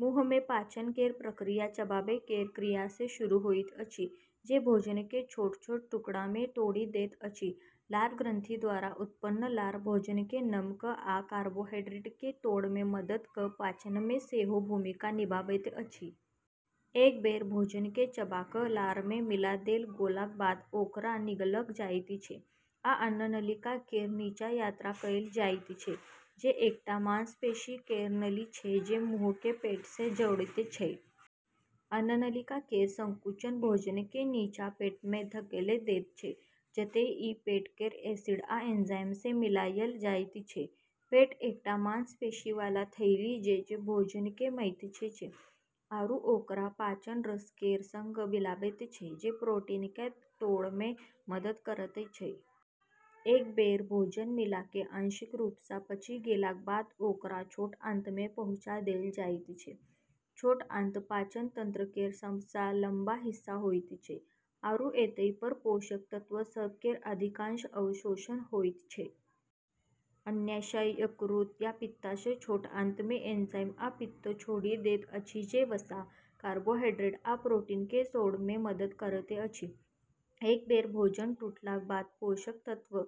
मुँहमे पाचन केर प्रक्रिया चबाबै केर क्रियासँ शुरू होइत अछि, जे भोजनकेँ छोट-छोट टुकड़ामे तोड़ि दैत अछि। लार ग्रंथि द्वारा उत्पन्न लार भोजनकेँ नम कऽ आ कार्बोहाइड्रेटकेँ तोड़ैमे मदद कऽ पाचनमे सेहो भूमिका निभाबैत अछि। एक बेर भोजनकेँ चबा कऽ लारमे मिला देल गेलाक बाद ओकरा निगलल जाइत छै आ अन्ननलिका केर नीचाँ यात्रा कएल जाइत छै, जे एकटा मांसपेशी केर नली छै जे मुँहकेँ पेटसँ जोड़ैत छै। अन्ननलिका केर संकुचन भोजनकेँ नीचाँ पेटमे धकेल दैत छै, जतए ई पेट केर एसिड आ एंजाइमसँ मिलायल जाइत छै। पेट एकटा मांसपेशीवाला थैली छै जे भोजनकेँ मथैत छै आरू ओकरा पाचन रस केर संग मिलाबैत छै जे प्रोटीनकेँ तोड़ैमे मदद करैत छै। एक बेर भोजन मिला कऽ आंशिक रूपसँ पचि गेलाक बाद ओकरा छोट आंतमे पहुँचा देल जाइत छै। छोट आंत पाचन तंत्र केर सबसँ लम्बा हिस्सा होइत छै आरू एतए पर पोषक तत्व सभ केर अधिकांश अवशोषण होइत छै। अग्न्याशय, यकृत आ पित्ताशय छोट आंतमे एंजाइम आ पित्त छोड़ि दैत अछि जे वसा, कार्बोहाइड्रेट आ प्रोटीनकेँ तोड़ैमे मदद करैत अछि। एक बेर भोजन टूटलाक बाद पोषक तत्व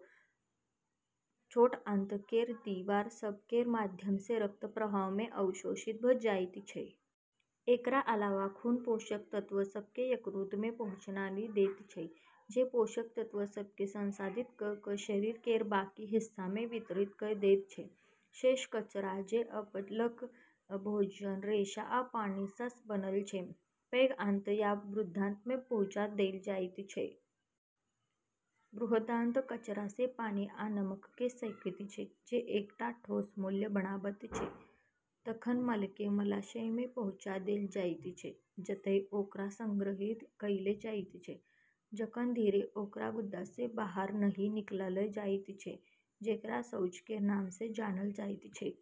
छोट आंत केर दीवार सभ केर माध्यमसँ रक्तप्रवाहमे अवशोषित भऽ जाइत छै। एकर अलावा खून पोषक तत्व सभकेँ यकृतमे पहुँचाए दैत छै, जे पोषक तत्व सभकेँ संसाधित कऽ कऽ शरीर केर बाकी हिस्सामे वितरित कऽ दैत छै। शेष कचरा, जे अपचल भोजन, रेशा आ पानीसँ बनल छै, पैघ आंत या बृहदान्त्रमे पहुँचा देल जाइत छै। बृहदान्त्र कचरासँ पानी आ नमककेँ सोखैत छै, जे एकटा ठोस मल बनाबैत छै। तखन मलकेँ मलाशयमे पहुँचा देल जाइत छै, जतए ओकरा संग्रहित कएल जाइत छै, जखन धरि ओकरा गुदासँ बाहर नहि निकालल जाइत छै, जेकरा शौच केर नामसँ जानल जाइत छै।